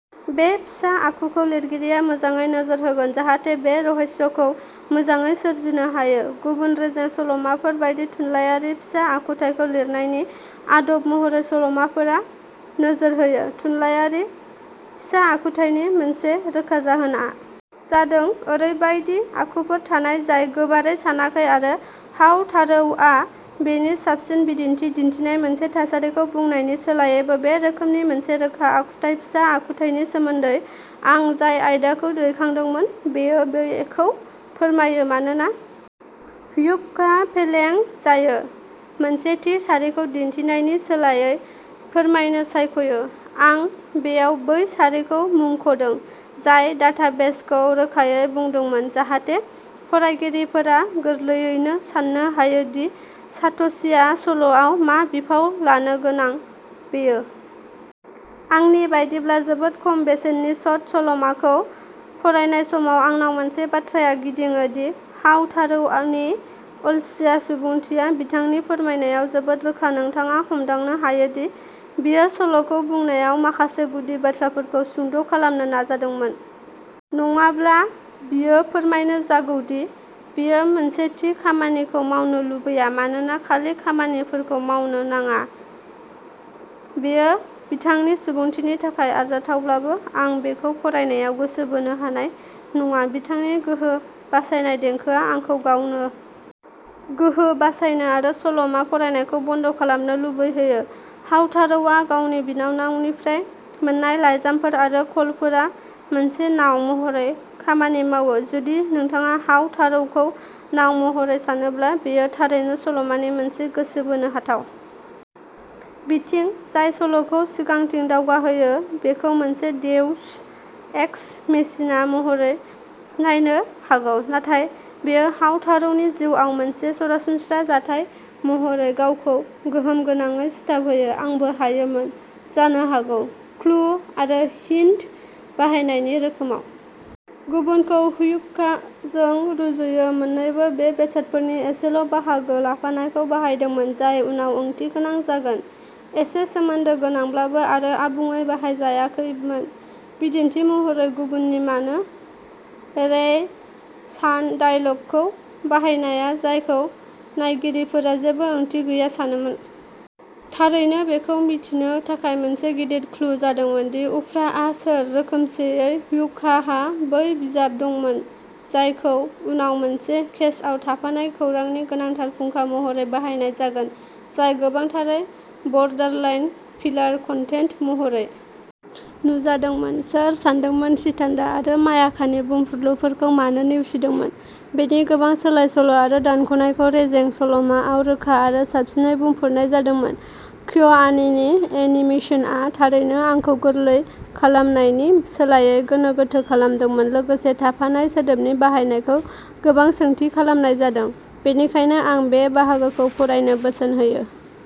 बे फिसा आखु खौ लिरगिरिया मोजाङै नोजोर होगोन जाहाथे बे रहस्यखौ मोजाङै सोरजिनो हायो गुबुन रेजें सल'माफोर बायदि थुनलायारि फिसा आखुथाइखौ लिरनायनि आदब महरै सल'माफोरा नोजोर होयो थुनलायारि फिसा आखुथाइनि मोनसे रोखा जाहोनआ जादों ओरैबायदि आखुफोर थानाय जाय गोबारै सानाखै आरो हाउतारौआ बेनि साबसिन बिदिन्थि दिन्थिनाय मोनसे थासारिखौ बुंनायनि सोलायैबो बे रोखोमनि मोनसे रोखा आखुथाय फिसा आखुथाइनि सोमोन्दै आं जाय आयदाखौ दैखांदोंमोन बेयो बेखौ फोरमायो मानोना ह्युका फेलें जायो मोनसे थि सारिखौ दिन्थिनायनि सोलायै फोरमायनो सायख'यो आं बेयाव बै सारिखौ मुंख'दों जाय डाटाबेस खौ रोखायै बुंदोंमोन जाहाथे फरायगिरिफोरा गोरलैयैनो सान्नो हायो दि सात'शीया सल'आव मा बिफाव लानो गोनां बेयो आंनि बायदिब्ला जोबोद खम बेसेननि शट सल'माखौ फरायनाय समाव आंनाव मोनसे बाथ्राया गिदिङो दि हाउतारौनि अलसिया सुबुंथिया बिथांनि फोरमायनायाव जोबोद रोखा नोंथाङा हमदांनो हायोदि बियो सल'खौ बुंनायाव माखासे गुदि बाथ्राफोरखौ सुंद'खालामनो नाजागासिनो दं नङाब्ला बियो फोरमायनो जागौदि बियो मोनसे थि खामानिखौ मावनो लुबैया मानोना खालि खामानिफोरखौ मावनो नाङा बेयो बिथांनि सुबुंथिनि थाखाय आरजाथावब्लाबो आं बेखौ फरायनायाव गोसो बोनो हानाय नङा बिथांनि गोहो बासायनाय देंखोआ आंखौ गावनो गोहो बासायनो आरो सल'मा फरायनायखौ बन्द खालामनो लुबैहोयो हाउतारौआ गावनि बिनानावनिफ्राय मोन्नाय लाइजामफोर आरो कलफोरा मोनसे नाव महरै खामानि मावो जुदि नोंथाङा हाउतारौखौ नाव महरै सानोब्ला बेयो थारैनो सल'मानि मोनसे गोसो बोनो हाथाव बिथिं जाय सल'खौ सिगांथिं दावगाहोयो बेखौ मोनसे देउस एक्स मेसिना महरै नायनो हागौ नाथाय बेयो हाउतारौनि जिउआव मोनसे सरासनस्रा जाथाय महरै गावखौ गोहोमगोनाङै सिथाबहोयो आंबो हायोमोन जानो हागौ क्लु आरो हिंट बाहायनायनि रोखोमाव गुबुनखौ ह्युकाजों रुजुयो मोननैबो बै बेसादफोरनि एसेल'बाहागो लाफानायखौ बाहायदोंमोन जाय उनाव ओंथिगोनां जागोन एसे सोमोन्दो गोनांब्लाबो आरो आबुङै बाहायजायाखैमोन बिदिन्थि महरै गुबुननि मानो रेइ चान डायलगखौ बाहायनाया जायखौ नायगिरिफोरा जेबो ओंथि गैया सानोमोन थारैनो बेखौ मिथिनो थाखाय मोनसे गिदिर क्लु जादोंमोन दि उफ्राआ सोर रोखोमसेयै ह्युकाहा बै बिजाब दंमोन जायखौ उनाव मोनसे केसआव थाफानाय खौरांनि गोनांथार फुंखा महरै बाहायनाय जागोन जाय गोबांथारै बर्डारलाइन फिलार कन्टेन्ट महरै नुजादोंमोन सोर सानदोंमोन चिटान्डा आरो मायाकानि बुंफुरलुफोरखौ मानो नेवसिदोंमोन बेनि गोबां सोलाय सोल आरो दानख'नायखौ रेजें सल'माआव रोखा आरो साबसिनै बुंफोरनाय जादोंमोन क्य'आनीनि एनिमेशनआ थारैनो आंखौ गोरलै खालामनायनि सोलायै गोनो गोथो खालामदोंमोन लोगोसे थाफानाय सोदोबनि बाहायनायखौ गोबां सोंथि खालामनाय जादों बेनिखायनो आं बे बाहागोखौ फरायनो बोसोन होयो।